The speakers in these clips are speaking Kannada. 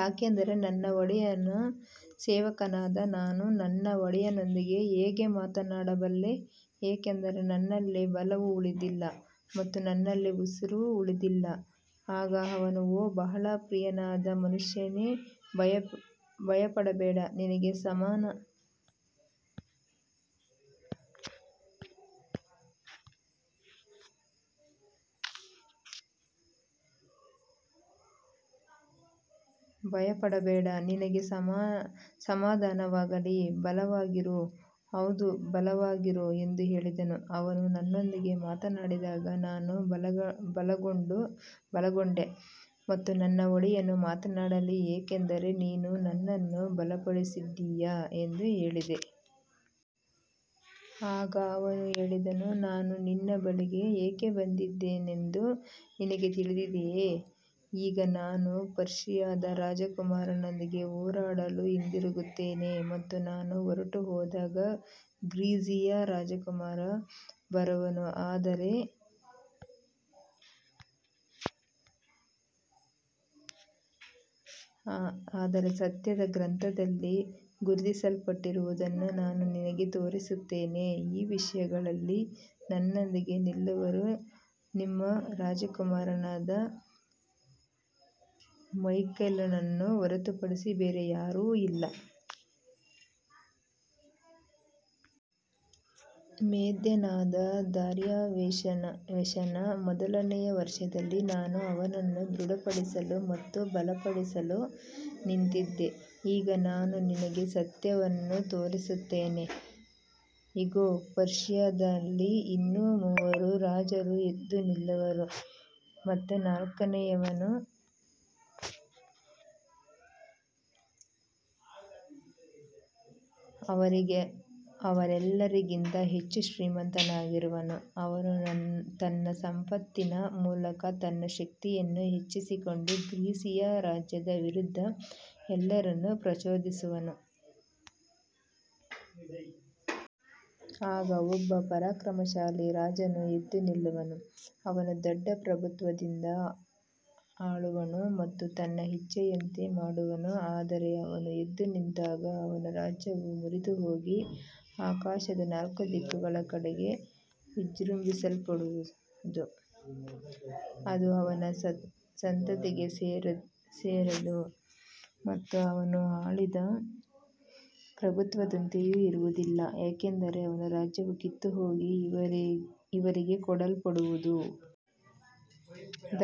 ಯಾಕಂದರೆ ನನ್ನ ಒಡೆಯನ ಸೇವಕನಾದ ನಾನು ನನ್ನ ಒಡೆಯನೊಂದಿಗೆ ಹೇಗೆ ಮಾತನಾಡಬಲ್ಲೆ, ಏಕೆಂದರೆ ನನ್ನಲ್ಲಿ ಬಲವು ಉಳಿದಿಲ್ಲ ಮತ್ತು ನನ್ನಲ್ಲಿ ಉಸಿರೂ ಉಳಿದಿಲ್ಲ. ಆಗ ಅವನು, ಓ ಬಹಳ ಪ್ರಿಯನಾದ ಮನುಷ್ಯನೇ, ಭಯಪಡಬೇಡ, ನಿನಗೆ ಸಮಾಧಾನವಾಗಲಿ, ಬಲವಾಗಿರು, ಹೌದು, ಬಲವಾಗಿರು ಎಂದು ಹೇಳಿದನು. ಅವನು ನನ್ನೊಂದಿಗೆ ಮಾತನಾಡಿದಾಗ ನಾನು ಬಲಗೊಂಡೆ ಮತ್ತು ನನ್ನ ಒಡೆಯನು ಮಾತನಾಡಲಿ, ಏಕೆಂದರೆ ನೀನು ನನ್ನನ್ನು ಬಲಪಡಿಸಿದ್ದೀಯ ಎಂದು ಹೇಳಿದೆ. ಆಗ ಅವನು ಹೇಳಿದನು, ನಾನು ನಿನ್ನ ಬಳಿಗೆ ಏಕೆ ಬಂದಿದ್ದೇನೆಂದು ನಿನಗೆ ತಿಳಿದಿದೆಯೇ. ಈಗ ನಾನು ಪರ್ಷಿಯಾದ ರಾಜಕುಮಾರನೊಂದಿಗೆ ಹೋರಾಡಲು ಹಿಂದಿರುಗುತ್ತೇನೆ ಮತ್ತು ನಾನು ಹೊರಟುಹೋದಾಗ ಗ್ರೀಸಿಯ ರಾಜಕುಮಾರನು ಬರುವನು. ಆದರೆ ಸತ್ಯದ ಗ್ರಂಥದಲ್ಲಿ ಗುರುತಿಸಲ್ಪಟ್ಟಿರುವುದನ್ನು ನಾನು ನಿನಗೆ ತೋರಿಸುತ್ತೇನೆ. ಈ ವಿಷಯಗಳಲ್ಲಿ ನನ್ನೊಂದಿಗೆ ನಿಲ್ಲುವವರು ನಿಮ್ಮ ರಾಜಕುಮಾರನಾದ ಮೈಕೆಲನನ್ನು ಹೊರತುಪಡಿಸಿ ಬೇರೆ ಯಾರೂ ಇಲ್ಲ. ಮೇದ್ಯನಾದ ದಾರ್ಯಾವೆಷನ ಮೊದಲನೆಯ ವರ್ಷದಲ್ಲಿ ನಾನು ಅವನನ್ನು ದೃಢಪಡಿಸಲು ಮತ್ತು ಬಲಪಡಿಸಲು ನಿಂತಿದ್ದೆ. ಈಗ ನಾನು ನಿನಗೆ ಸತ್ಯವನ್ನು ತೋರಿಸುತ್ತೇನೆ. ಇಗೋ, ಪರ್ಷಿಯಾದಲ್ಲಿ ಇನ್ನೂ ಮೂವರು ರಾಜರು ಎದ್ದು ನಿಲ್ಲುವರು ಮತ್ತು ನಾಲ್ಕನೆಯವನು ಅವರೆಲ್ಲರಿಗಿಂತ ಹೆಚ್ಚು ಶ್ರೀಮಂತನಾಗಿರುವನು. ಅವನು ತನ್ನ ಸಂಪತ್ತಿನ ಮೂಲಕ ತನ್ನ ಶಕ್ತಿಯನ್ನು ಹೆಚ್ಚಿಸಿಕೊಂಡು ಗ್ರೀಸಿಯ ರಾಜ್ಯದ ವಿರುದ್ಧ ಎಲ್ಲರನ್ನೂ ಪ್ರಚೋದಿಸುವನು. ಆಗ ಒಬ್ಬ ಪರಾಕ್ರಮಶಾಲಿ ರಾಜನು ಎದ್ದು ನಿಲ್ಲುವನು. ಅವನು ದೊಡ್ಡ ಪ್ರಭುತ್ವದಿಂದ ಆಳುವನು ಮತ್ತು ತನ್ನ ಇಚ್ಛೆಯಂತೆ ಮಾಡುವನು. ಆದರೆ ಅವನು ಎದ್ದು ನಿಂತಾಗ ಅವನ ರಾಜ್ಯವು ಮುರಿದುಹೋಗಿ ಆಕಾಶದ ನಾಲ್ಕು ದಿಕ್ಕುಗಳ ಕಡೆಗೆ ವಿಭಜಿಸಲ್ಪಡುವುದು. ಅದು ಅವನ ಸಂತತಿಗೆ ಸೇರದು ಮತ್ತು ಅವನು ಆಳಿದ ಪ್ರಭುತ್ವದಂತೆಯೂ ಇರುವುದಿಲ್ಲ, ಏಕೆಂದರೆ ಅವನ ರಾಜ್ಯವು ಕಿತ್ತುಹೋಗಿ ಇತರರಿಗೆ ಕೊಡಲ್ಪಡುವುದು.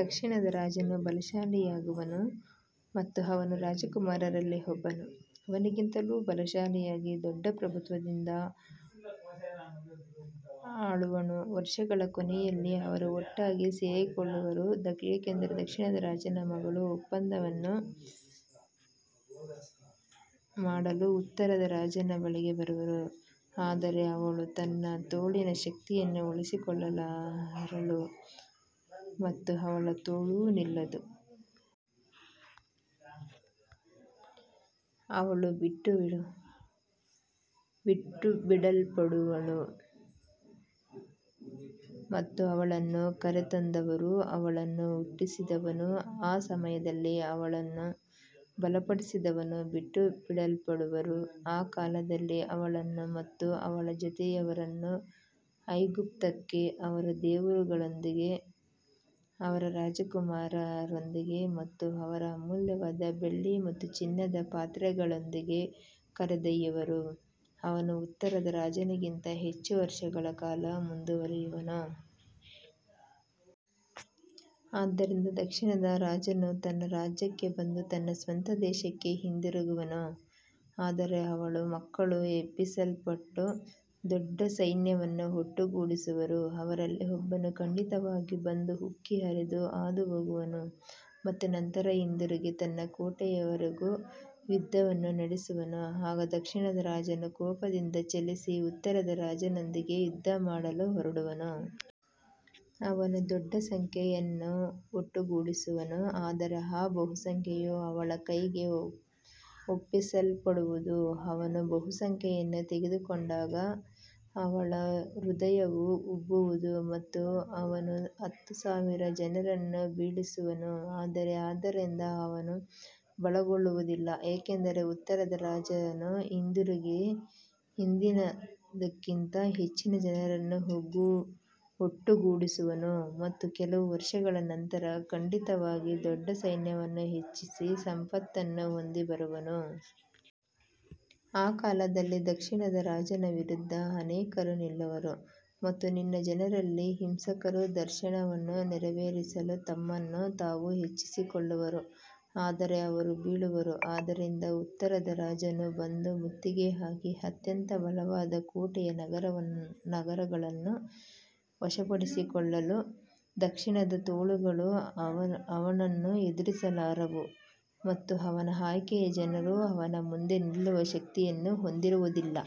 ದಕ್ಷಿಣದ ರಾಜನು ಬಲಶಾಲಿಯಾಗುವನು ಮತ್ತು ಅವನ ರಾಜಕುಮಾರರಲ್ಲಿ ಒಬ್ಬನು ಅವನಿಗಿಂತಲೂ ಬಲಶಾಲಿಯಾಗಿ ದೊಡ್ಡ ಪ್ರಭುತ್ವದಿಂದ ಆಳುವನು. ವರ್ಷಗಳ ಕೊನೆಯಲ್ಲಿ ಅವರು ಒಟ್ಟಾಗಿ ಸೇರಿಕೊಳ್ಳುವರು, ಏಕೆಂದರೆ ದಕ್ಷಿಣದ ರಾಜನ ಮಗಳು ಒಪ್ಪಂದವನ್ನು ಮಾಡಲು ಉತ್ತರದ ರಾಜನ ಬಳಿಗೆ ಬರುವಳು. ಆದರೆ ಅವಳು ತನ್ನ ತೋಳಿನ ಶಕ್ತಿಯನ್ನು ಉಳಿಸಿಕೊಳ್ಳಲಾರಳು ಮತ್ತು ಅವನ ತೋಳೂ ನಿಲ್ಲದು. ಅವಳು ಬಿಟ್ಟುಬಿಡಲ್ಪಡುವಳು ಮತ್ತು ಅವಳನ್ನು ಕರೆತಂದವರೂ, ಅವಳನ್ನು ಹುಟ್ಟಿಸಿದವನೂ, ಆ ಸಮಯದಲ್ಲಿ ಅವಳನ್ನು ಬಲಪಡಿಸಿದವನೂ ಬಿಟ್ಟುಬಿಡಲ್ಪಡುವರು. ಆ ಕಾಲದಲ್ಲಿ ಅವಳನ್ನು ಮತ್ತು ಅವಳ ಜೊತೆಯವರನ್ನು ಐಗುಪ್ತಕ್ಕೆ ಅವರ ದೇವರುಗಳೊಂದಿಗೆ, ಅವರ ರಾಜಕುಮಾರರೊಂದಿಗೆ ಮತ್ತು ಅವರ ಅಮೂಲ್ಯವಾದ ಬೆಳ್ಳಿ ಮತ್ತು ಚಿನ್ನದ ಪಾತ್ರೆಗಳೊಂದಿಗೆ ಕರೆದೊಯ್ಯುವರು. ಅವನು ಉತ್ತರದ ರಾಜನಿಗಿಂತ ಹೆಚ್ಚು ವರ್ಷಗಳ ಕಾಲ ಮುಂದುವರಿಯುವನು. ಆದ್ದರಿಂದ ದಕ್ಷಿಣದ ರಾಜನು ತನ್ನ ರಾಜ್ಯಕ್ಕೆ ಬಂದು ತನ್ನ ಸ್ವಂತ ದೇಶಕ್ಕೆ ಹಿಂದಿರುಗುವನು. ಆದರೆ ಅವನ ಮಕ್ಕಳು ಎಬ್ಬಿಸಲ್ಪಟ್ಟು ದೊಡ್ಡ ಸೈನ್ಯವನ್ನು ಒಟ್ಟುಗೂಡಿಸುವರು. ಅವರಲ್ಲಿ ಒಬ್ಬನು ಖಂಡಿತವಾಗಿ ಬಂದು ಉಕ್ಕಿ ಹರಿದು ಹಾದುಹೋಗುವನು ಮತ್ತು ನಂತರ ಹಿಂದಿರುಗಿ ತನ್ನ ಕೋಟೆಯವರೆಗೂ ಯುದ್ಧವನ್ನು ನಡೆಸುವನು. ಆಗ ದಕ್ಷಿಣದ ರಾಜನು ಕೋಪದಿಂದ ಚಲಿಸಿ ಉತ್ತರದ ರಾಜನೊಂದಿಗೆ ಯುದ್ಧಮಾಡಲು ಹೊರಡುವನು. ಅವನು ದೊಡ್ಡ ಗುಂಪನ್ನು ಒಟ್ಟುಗೂಡಿಸುವನು, ಆದರೆ ಆ ಬಹುಸಂಖ್ಯೆಯು ಅವನ ಕೈಗೆ ಒಪ್ಪಿಸಲ್ಪಡುವುದು. ಅವನು ಬಹುಸಂಖ್ಯೆಯನ್ನು ತೆಗೆದುಕೊಂಡಾಗ ಅವನ ಹೃದಯವು ಉಬ್ಬುವುದು ಮತ್ತು ಅವನು ಹತ್ತು ಸಾವಿರ ಜನರನ್ನು ಬೀಳಿಸುವನು, ಆದರೆ ಅದರಿಂದ ಅವನು ಬಲಗೊಳ್ಳುವುದಿಲ್ಲ. ಯಾಕಂದರೆ ಉತ್ತರದ ರಾಜನು ಹಿಂದಿರುಗಿ ಹಿಂದಿನದಕ್ಕಿಂತ ಹೆಚ್ಚಿನ ಜನರನ್ನು ಒಟ್ಟುಗೂಡಿಸುವನು ಮತ್ತು ಕೆಲವು ವರ್ಷಗಳ ನಂತರ ಖಂಡಿತವಾಗಿ ದೊಡ್ಡ ಸೈನ್ಯವನ್ನೂ ಹೆಚ್ಚಿನ ಸಂಪತ್ತನ್ನೂ ಹೊಂದಿ ಬರುವನು. ಆ ಕಾಲದಲ್ಲಿ ದಕ್ಷಿಣದ ರಾಜನ ವಿರುದ್ಧ ಅನೇಕರು ನಿಲ್ಲುವರು ಮತ್ತು ನಿನ್ನ ಜನರಲ್ಲಿ ಹಿಂಸಕರು ದರ್ಶನವನ್ನು ನೆರವೇರಿಸಲು ತಮ್ಮನ್ನು ತಾವು ಹೆಚ್ಚಿಸಿಕೊಳ್ಳುವರು, ಆದರೆ ಅವರು ಬೀಳುವರು. ಆದ್ದರಿಂದ ಉತ್ತರದ ರಾಜನು ಬಂದು ಮುತ್ತಿಗೆ ಹಾಕಿ ಅತ್ಯಂತ ಬಲವಾದ ಕೋಟೆಯ ನಗರಗಳನ್ನು ವಶಪಡಿಸಿಕೊಳ್ಳುವನು. ದಕ್ಷಿಣದ ತೋಳುಗಳು ಅವನನ್ನು ಎದುರಿಸಲಾರವು ಮತ್ತು ಅವನ ಆಯ್ಕೆಯ ಜನರೂ ಅವನ ಮುಂದೆ ನಿಲ್ಲುವ ಶಕ್ತಿಯನ್ನು ಹೊಂದಿರುವುದಿಲ್ಲ.